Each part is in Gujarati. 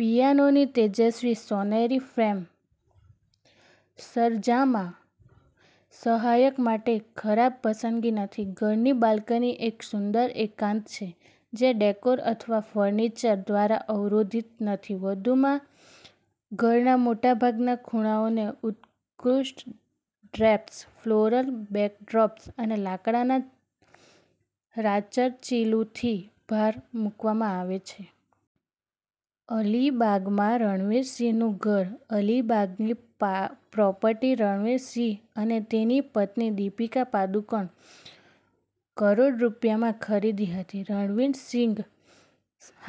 પિયાનોની તેજસ્વી સોનેરી ફ્રેમ સરંજામ સહાયક માટે ખરાબ પસંદગી નથી. ઘરની બાલ્કની એક સુંદર એકાંત છે, જે ડેકોર અથવા ફર્નિચર દ્વારા અવરોધિત નથી. વધુમાં, ઘરના મોટાભાગના ખૂણાઓને ઉત્કૃષ્ટ ડ્રેપ્સ, ફ્લોરલ બેકડ્રોપ્સ અને લાકડાના રાચરચીલુંથી ભાર મૂકવામાં આવે છે. અલીબાગમાં રણવીર સિંહનું ઘર. અલીબાગની પ્રોપર્ટી રણવીર સિંહ અને તેની પત્ની દીપિકા પાદુકોણે કરોડ રૂપિયામાં ખરીદી હતી. રણવીર સિંઘ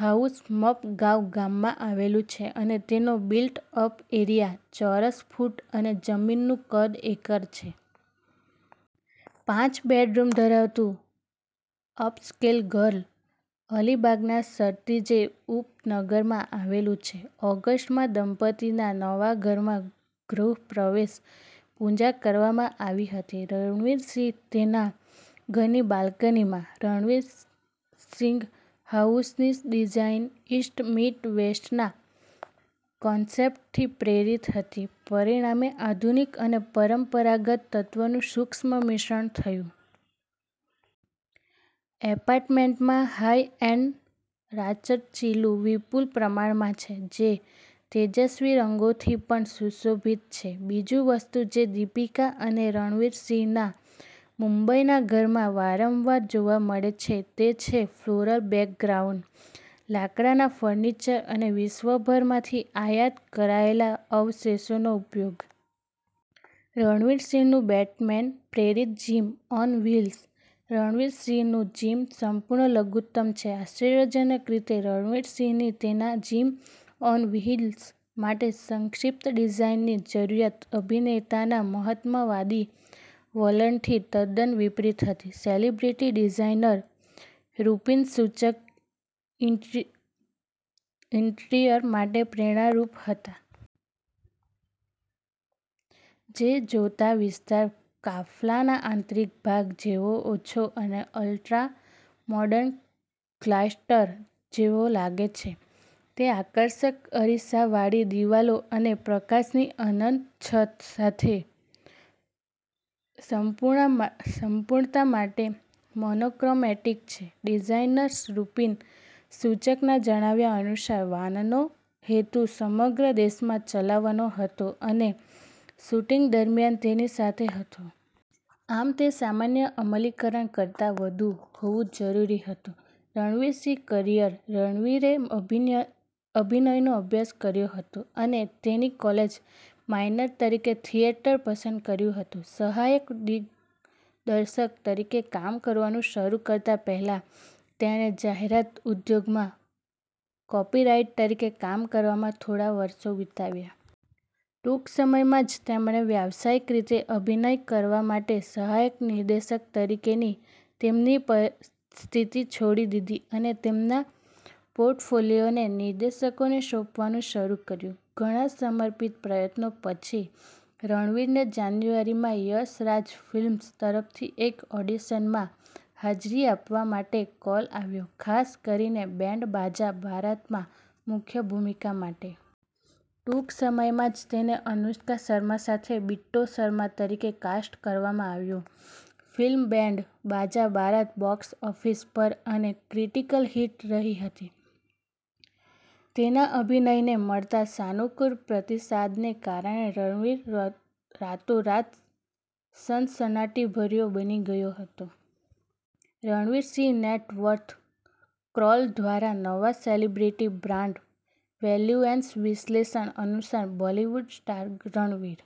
હાઉસ મપગાંવ ગામમાં આવેલું છે અને તેનો બિલ્ટ-અપ એરિયા ચોરસ ફૂટ અને જમીનનું કદ એકર છે. પાંચ બેડરૂમ ધરાવતું અપસ્કેલ ઘર અલીબાગના સતીર્જે ઉપનગરમાં આવેલું છે. ઓગસ્ટ માં દંપતીના નવા ઘરમાં ગૃહ પ્રવેશ પૂજા કરવામાં આવી હતી. રણવીર સિંહ તેના ઘરની બાલ્કનીમાં. રણવીર સિંઘ હાઉસની ડિઝાઈન ઈસ્ટ મીટ વેસ્ટના કન્સેપ્ટથી પ્રેરિત હતી, પરિણામે આધુનિક અને પરંપરાગત તત્વોનું સૂક્ષ્મ મિશ્રણ થયું. અપાર્ટમેન્ટમાં હાઇ-એન્ડ રાચરચીલું વિપુલ પ્રમાણમાં છે, જે તેજસ્વી રંગોથી પણ સુશોભિત છે. બીજી વસ્તુ જે દીપિકા અને રણવીર સિંહના મુંબઈના ઘરમાં વારંવાર જોવા મળે છે તે છે ફ્લોરલ બેકગ્રાઉન્ડ, લાકડાના ફર્નિચર અને વિશ્વભરમાંથી આયાત કરાયેલા અવશેષોનો ઉપયોગ. રણવીર સિંહનું બેટમેન-પ્રેરિત જીમ ઓન વ્હીલ્સ. રણવીર સિંહનું જીમ સંપૂર્ણ લઘુત્તમ છે. આશ્ચર્યજનક રીતે, રણવીર સિંહની તેના જીમ ઓન વ્હીલ્સ માટે સંક્ષિપ્ત ડિઝાઇનની જરૂરિયાત અભિનેતાના મહત્તમવાદી વલણથી તદ્દન વિપરીત હતી. Celebrity designer Rupin Suchak interior માટે પ્રેરણારૂપ હતા. તે જોતાં, વિસ્તાર કાફલાના આંતરિક ભાગ જેવો ઓછો અને અલ્ટ્રામોડર્ન ક્લાઇસ્ટર જેવો લાગે છે. તે આકર્ષક અરીસાવાળી દિવાલો અને પ્રકાશની અનંત છત સાથે સંપૂર્ણતા માટે મોનોક્રોમેટિક છે. ડિઝાઇનર રુપિન સુચકના જણાવ્યા અનુસાર, વાનનો હેતુ સમગ્ર દેશમાં ચલાવવાનો હતો અને શૂટિંગ દરમિયાન તેની સાથે હતો. આમ, તે સામાન્ય અમલીકરણ કરતાં વધુ હોવું જરૂરી હતું. રણવીર સિંહ કરિયર. રણવીરે અભિનયનો અભ્યાસ કર્યો હતો અને તેની કોલેજ માઇનર તરીકે થિયેટર પસંદ કર્યું હતું. સહાયક દિગ્દર્શક તરીકે કામ કરવાનું શરૂ કરતા પહેલા, તેણે જાહેરાત ઉદ્યોગમાં કોપીરાઈટર તરીકે કામ કરવામાં થોડા વર્ષો વિતાવ્યા. ટૂંક સમયમાં જ, તેમણે વ્યવસાયિક રીતે અભિનય કરવા માટે સહાયક નિર્દેશક તરીકેની તેમની સ્થિતિ છોડી દીધી અને તેમના પોર્ટફોલિયોને નિર્દેશકોને સોંપવાનું શરૂ કર્યું. ઘણા સમર્પિત પ્રયત્નો પછી, રણવીરને જાન્યુઆરી માં યશ રાજ ફિલ્મ્સ તરફથી એક ઓડિશનમાં હાજરી આપવા માટે કોલ આવ્યો, ખાસ કરીને બેન્ડ બાજા બારાતમાં મુખ્ય ભૂમિકા માટે. ટૂંક સમયમાં જ, તેને અનુષ્કા શર્મા સાથે બિટ્ટો શર્મા તરીકે કાસ્ટ કરવામાં આવ્યો. Film band Baaja Baaraat box office પર અને ક્રિટિકલ હિટ રહી હતી. તેના અભિનયને મળતા સાનુકૂળ પ્રતિસાદને કારણે રણવીર રાતોરાત સનસનાટીભર્યો બની ગયો હતો. Ranveer Singh net worth. ક્રોલ દ્વારા નવા સેલિબ્રિટી બ્રાન્ડ વેલ્યુએશન વિશ્લેષણ અનુસાર, બોલિવૂડ સ્ટાર રણવીર